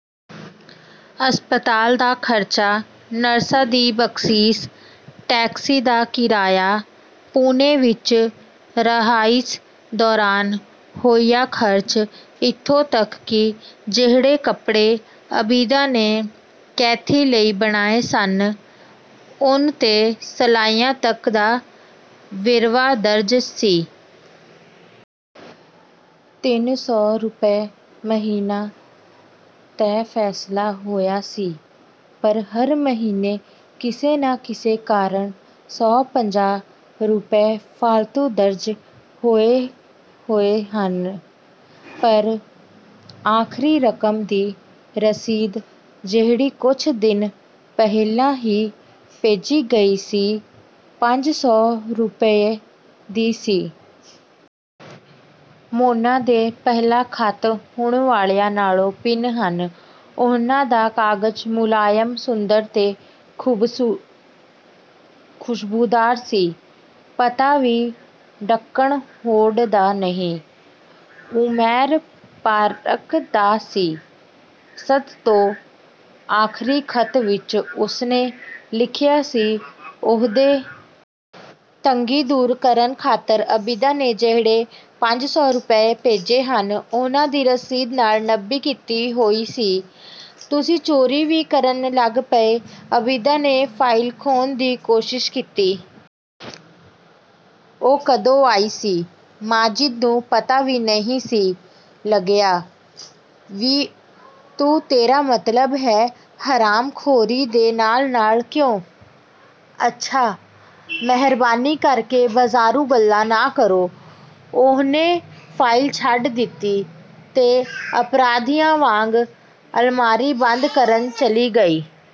ਹਸਪਤਾਲ ਦਾ ਖਰਚਾ, ਨਰਸਾਂ ਦੀ ਬਖ਼ਸ਼ੀਸ਼, ਟੈਕਸੀ ਦਾ ਕਿਰਾਇਆ, ਪੂਨੇ ਵਿੱਚ ਰਹਾਇਸ਼ ਦੌਰਾਨ ਹੋਇਆ ਖਰਚ, ਇੱਥੋਂ ਤੱਕ ਕਿ ਜਿਹੜੇ ਕੱਪੜੇ ਆਬਿਦਾ ਨੇ ਕੈਥੀ ਲਈ ਬਣਾਏ ਸਨ, ਉੱਨ ਤੇ ਸਲਾਈਆਂ ਤੱਕ ਦਾ ਵੇਰਵਾ ਦਰਜ ਸੀ। ਤਿੰਨ ਸੌ ਰੁਪਏ ਮਹੀਨਾ 'ਤੇ ਫੈਸਲਾ ਹੋਇਆ ਸੀ, ਪਰ ਹਰ ਮਹੀਨੇ ਕਿਸੇ ਨਾ ਕਿਸੇ ਕਾਰਨ ਸੌ-ਪੰਜਾਹ ਰੁਪਏ ਫਾਲਤੂ ਦਰਜ ਹੋਏ-ਹੋਏ ਸਨ। ਪਰ ਆਖਰੀ ਰਕਮ ਦੀ ਰਸੀਦ, ਜਿਹੜੀ ਕੁਝ ਦਿਨ ਪਹਿਲਾਂ ਹੀ ਭੇਜੀ ਗਈ ਸੀ, ਪੰਜ ਸੌ ਰੁਪਏ ਦੀ ਸੀ। ਮੋਨਾ ਦੇ ਪਹਿਲੇ ਖ਼ਤ ਹੁਣ ਵਾਲਿਆਂ ਨਾਲੋਂ ਭਿੰਨ ਸਨ। ਉਹਨਾਂ ਦਾ ਕਾਗਜ਼ ਮੁਲਾਇਮ, ਸੁੰਦਰ ਤੇ ਖੁਸ਼ਬੂਦਾਰ ਸੀ। ਪਤਾ ਵੀ ਡੰਕਨ ਰੋਡ ਦਾ ਨਹੀਂ, ਉਮੈਰ ਪਾਰਕ ਦਾ ਸੀ। ਸਭ ਤੋਂ ਆਖਰੀ ਖ਼ਤ ਵਿੱਚ ਉਸਨੇ ਲਿਖਿਆ ਸੀ।"ਉਹਦੇ ਤੰਗੀ ਦੂਰ ਕਰਨ ਖਾਤਰ ਆਬਿਦਾ ਨੇ ਜਿਹੜੇ ਪੰਜ ਸੌ ਰੁਪਏ ਭੇਜੇ ਸਨ, ਉਹਨਾਂ ਦੀ ਰਸੀਦ ਨਾਲ ਨੱਥੀ ਕੀਤੀ ਹੋਈ ਸੀ। "ਤੁਸੀਂ ਚੋਰੀ ਵੀ ਕਰਨ ਲੱਗ ਪਏ?" ਆਬਿਦਾ ਨੇ ਫਾਈਲ ਖੋਹਣ ਦੀ ਕੋਸ਼ਿਸ਼ ਕੀਤੀ। ਉਹ ਕਦੋਂ ਆਈ ਸੀ, ਮਾਜਿਦ ਨੂੰ ਪਤਾ ਵੀ ਨਹੀਂ ਸੀ ਲੱਗਿਆ। "'ਵੀ' ਤੋਂ ਤੇਰਾ ਮਤਲਬ ਹੈ, ਹਰਾਮਖੋਰੀ ਦੇ ਨਾਲ-ਨਾਲ, ਕਿਉਂ?" "ਅੱਛਾ, ਮਿਹਰਬਾਨੀ ਕਰਕੇ ਬਾਜ਼ਾਰੂ ਗੱਲਾਂ ਨਾ ਕਰੋ।" ਉਸਨੇ ਫਾਈਲ ਛੱਡ ਦਿੱਤੀ ਤੇ ਅਪਰਾਧੀਆਂ ਵਾਂਗ ਅਲਮਾਰੀ ਬੰਦ ਕਰਨ ਚਲੀ ਗਈ।